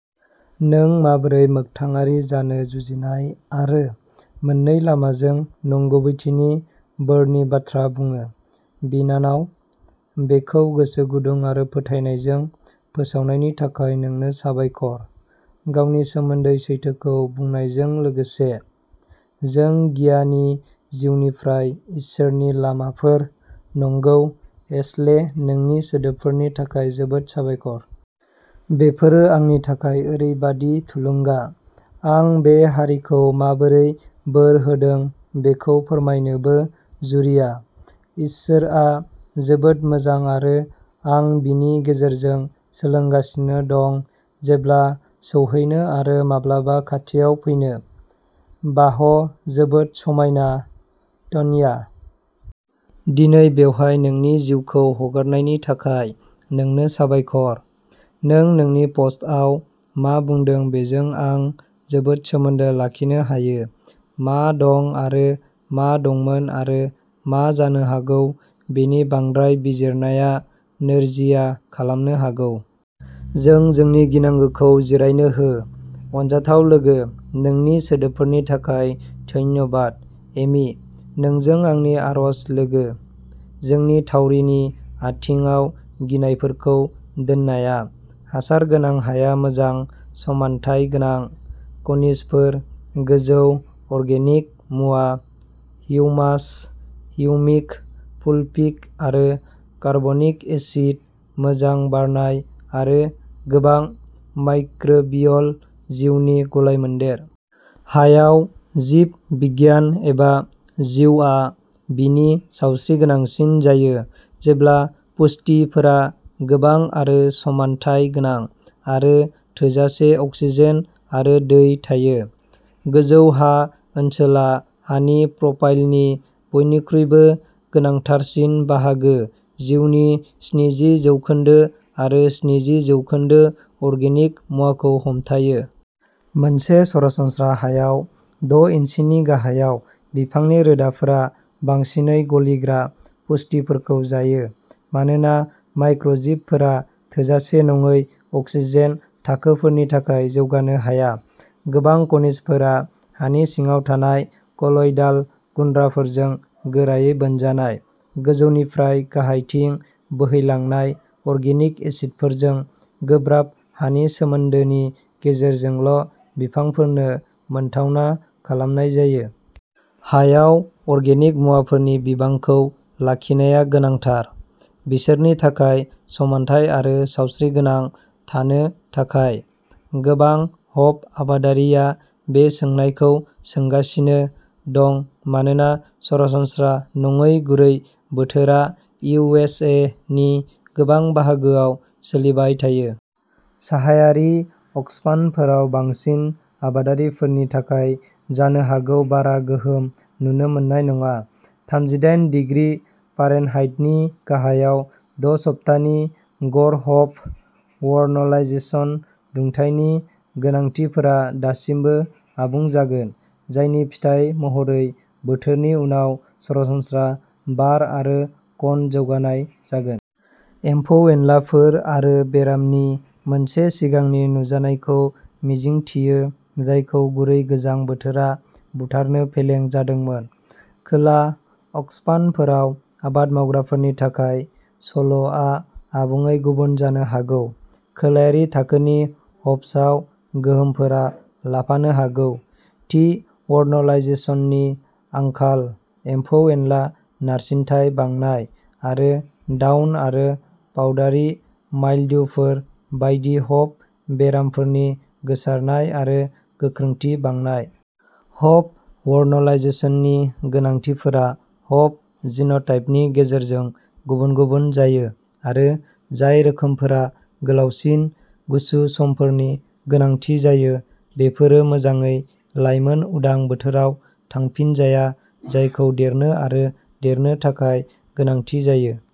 नों माबोरै मोगथाङारि जानो जुजिनाय आरो मोननै लामाजों नंगुबैथिनि बोरनि बाथ्रा बुङो, बिनानाव। बेखौ गोसो गुदुं आरो फोथायनायजों फोसावनायनि थाखाय नोंनो साबायखर, गावनि सोमोन्दै सैथोखौ बुंनायजों लोगोसे। जों गियानि जिउनिफ्राय इसोरनि लामाफोर नंगौ एशले नोंनि सोदोबफोरनि थाखाय जोबोद साबायखर। बेफोरो आंनि थाखाय ओरैबादि थुलुंगा। आं बे हारिखौ माबोरै बोर होदों बेखौ फोरमायनोबो जुरिया। इसोरआ जोबोद मोजां आरो आं बिनि गेजेरजों सोलोंगासिनो दं जेब्ला सौहैनो आरो माब्ला खाथियाव फैनो। बाह' जोबोद समायना टन्या। दिनै बेवहाय नोंनि जिउखौ हगारनायनि थाखाय नोंनो साबायखर। नों नोंनि पस्टआव मा बुंदों बेजों आं जोबोद सोमोन्दो लाखिनो हायो। मा दं आरो मा दंमोन आरो मा जानो हागौ बेनि बांद्राय बिजिरनाया नोरजिया खालामनो हागौ। जों जोंनि गिनांगौखौ जिरायनो हो, अनजाथाव लोगो। नोंनि सोदोबफोरनि थाखाय धन्यबाद एमि। नोंजों आंनि आरज लोगो। जोंनि थावरिनि आथिंआव गिनायफोरखौ दोननाया। हासार गोनां हाया मोजां समानथाय गोनां खनिजफोर, गोजौ अर्गेनिक मुवा, हिउमास, हिउमिक, फुलभिक आरो कार्बनिक एसिड, मोजां बारनाय आरो गोबां माइक्रोबियल जिउनि गलायमोन्देर। हायाव जिब बिगियान एबा जिउआ बिनि सावस्रिगोनांसिन जायो जेब्ला पुष्टिफोरा गोबां आरो समानथाय गोनां, आरो थोजासे अक्सिजेन आरो दै थायो। गोजौ हा ओनसोला हानि प्रफाइलनि बयनिख्रुइबो गोनांथारसिन बाहागो जिउनि स्निजि जौखोन्दो आरो स्निजि जौखोन्दो अर्गेनिक मुवाखौ हमथायो। मोनसे सरासनस्रा हायाव, द' इन्सिनि गाहायाव बिफांनि रोदाफोरा बांसिनै गलिग्रा पुष्टिफोरखौ जायो मानोना माइक्र'जिबफोरा थोजासे नङै अक्सिजेन थाखोफोरनि थाखाय जौगानो हाया। गोबां खनिजफोरा हानि सिङाव थानाय कल'यडाल गुनद्रासाफोरजों गोरायै बोनजानाय, गोजौनिफ्राय गाहायथिं बोहैलांनाय अर्गेनिक एसिडफोरजों गोब्राब हानि सोमोन्दोनि गेजेरजोंल' बिफांफोरनो मोनथावना खालामनाय जायो। हायाव अर्गेनिक मुवाफोरनि बिबांखौ लाखिनाया गोनांथार। बिसोरनि थाखाय समानथाय आरो सावस्रिगोनां थानो थाखाय। गोबां हप आबादारिया बे सोंनायखौ सोंगासिनो दं मानोना सरासनस्रा नङै गुरै बोथोरा इउ एस ए नि गोबां बाहागोआव सोलिबाय थायो। साहायारि अक्षफानफोराव बांसिन आबादगिरिफोरनि थाखाय जानो हागौ बारा गोहोम नुनो मोननाय नङा। थामजिदायेन दिग्रि फारेनहाइटनि गाहायाव द' सप्तानि गर हप वर्नलाइजेशन दुंथायनि गोनांथिफोरा दासिमबो आबुं जागोन, जायनि फिथाय महरै बोथोरनि उनाव सरासनस्रा बार आरो कन जौगानाय जागोन। एम्फौ-एनलाफोर आरो बेरामनि मोनसे सिगांनि नुजानायखौ मिजिंथियो जायखौ गुरै गोजां बोथोरा बुथारनो फेलें जादोंमोन। खोला अक्कसफानफोराव आबाद मावग्राफोरनि थाखाय सल'आ आबुङै गुबुन जानो हागौ। खोलायारि थाखोनि हप्सआव गोहोमफोरा लाफानो हागौ थि वर्नलाइजेशननि आंखाल, एम्फौ-एनला नारसिनथाय बांनाय, आरो डाउन आरो पाउडारि माइल्ड्युफोर बायदि हप बेरामफोरनि गोसारनाय आरो गोख्रोंथि बांनाय। हप वर्नलाइजेशननि गोनांथिफोरा हप जिन'टाइपनि गेजेरजों गुबुन-गुबुन जायो आरो जाय रोखोमफोरा गोलावसिन गुसु समफोरनि गोनांथि जायो बेफोरो मोजाङै लायमोन उदां बोथोराव थांफिनजाया जायखौ देरनो आरो देरनो थाखाय गोनांथि जायो।